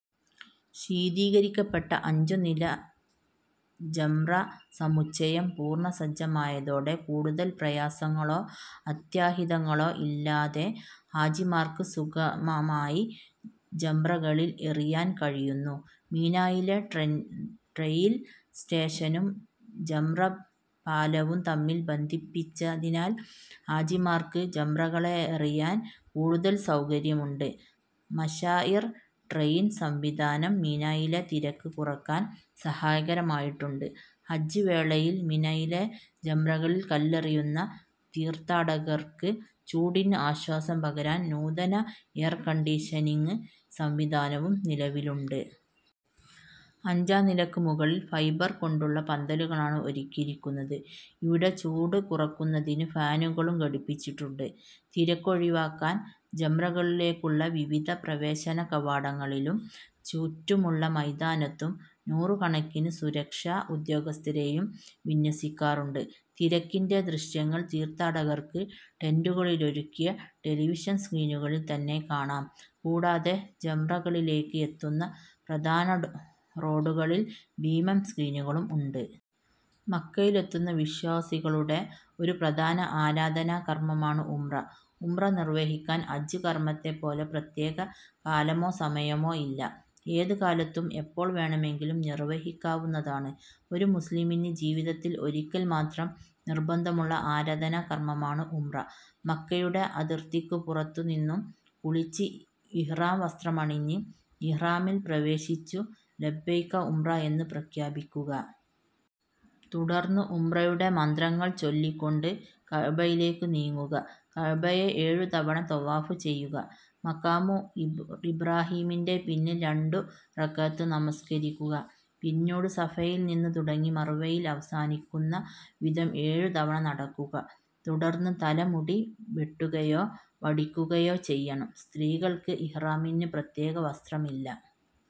ശീതീകരിക്കപ്പെട്ട അഞ്ചുനില ജംറ സമുച്ചയം പൂർണസജ്ജമായതോടെ കൂടുതൽ പ്രയാസങ്ങളോ അത്യാഹിതങ്ങളോ ഇല്ലാതെ ഹാജിമാർക്ക് സുഗമമായി ജംറകളിൽ എറിയാൻ കഴിയുന്നു. മിനായിലെ ട്രെയിൻ സ്റ്റേഷനും ജംറ പാലവും തമ്മിൽ ബന്ധിപ്പിച്ചതിനാൽ ഹാജിമാർക്ക് ജംറകളെറിയാൻ കൂടുതൽ സൗകര്യമുണ്ട്. മശാഇർ ട്രെയിൻ സംവിധാനം മിനായിലെ തിരക്ക് കുറക്കാൻ സഹായകരമായിട്ടുണ്ട്. ഹജ്ജ് വേളയിൽ മിനയിലെ ജംറകളിൽ കല്ലെറിയുന്ന തീർഥാടകർക്ക് ചൂടിന് ആശ്വാസം പകരാൻ നൂതന എയർകണ്ടീഷനിങ് സംവിധാനവും നിലവിലുണ്ട്. അഞ്ചാം നിലക്ക് മുകളിൽ ഫൈബർ കൊണ്ടുള്ള പന്തലുകളാണ് ഒരുക്കിയിരിക്കുന്നത്. ഇവിടെ ചൂട് കുറക്കുന്നതിന് ഫാനുകളും ഘടിപ്പിച്ചിട്ടുണ്ട്. തിരക്കൊഴിവാക്കാൻ ജംറകളിലേക്കുള്ള വിവിധ പ്രവേശന കവാടങ്ങളിലും ചുറ്റുമുള്ള മൈതാനത്തും നൂറുക്കണക്കിന് സുരക്ഷ ഉദ്യോഗസ്ഥരെയും വിന്ന്യസിക്കാറുണ്ട്. തിരക്കിന്റെ ദൃശ്യങ്ങൾ തീർഥാടകർക്ക് ടന്റുകളിലൊരുക്കിയ ടെലിവിഷൻ സ്ക്രീനുകളിൽ തന്നെ കാണാം. കൂടാതെ ജംറകളിലേക്ക് എത്തുന്ന പ്രധാന റോഡുകളിൽ ഭീമൻ സ്ക്രീനുകളും ഉണ്ട്. മക്കയിലെത്തുന്ന വിശ്വാസികളുടെ ഒരു പ്രധാന ആരാധനാ കർമമാണ് ഉംറ. ഉംറ നിർവഹിക്കാൻ ഹജ്ജ് കർമ്മത്തെപ്പോലെ പ്രത്യേക കാലമോ സമയമോ ഇല്ല. ഏത് കാലത്തും എപ്പോൾ വേണമെങ്കിലും നിർവ്വഹിക്കാവുന്നതാണ്. ഒരു മുസ്ലിമിന് ജീവിതത്തിൽ ഒരിക്കൽ മാത്രം നിർബന്ധമുള്ള ആരാധനാ കർമമാണ് ഉംറ. മക്കയുടെ അതിർത്തിക്കു പുറത്തു നിന്നും കുളിച്ച് ഇഹ്റാം വസ്ത്രമണിഞ്ഞ് ഇഹ്റാമിൽ പ്രവേശിച്ചു ലബൈക ഉംറ എന്ന് പ്രഖ്യാപിക്കുക. തുടർന്ന് ഉംറയുടെ മന്ത്രങ്ങൾ ചൊല്ലിക്കൊണ്ട് കഅബയിലേക്ക് നീങ്ങുക. കഅബയെ ഏഴു തവണ ത്വവാഫ് ചെയ്യുക. മഖാമു ഇബ്റാഹീമിന്റെ പിന്നിൽ രണ്ടു റക്അത്ത് നമസ്കരിക്കുക. പിന്നീട് സഫയിൽ നിന്ന് തുടങ്ങി മർവയിൽ അവസാനിക്കുന്ന വിധം ഏഴുതവണ നടക്കുക. തുടർന്ന് തലമുടി വെട്ടുകയോ വടിക്കുകയോ ചെയ്യണം. സ്ത്രീകൾക്ക് ഇഹ്റാമിന്ന് പ്രത്യേക വസ്ത്രമില്ല.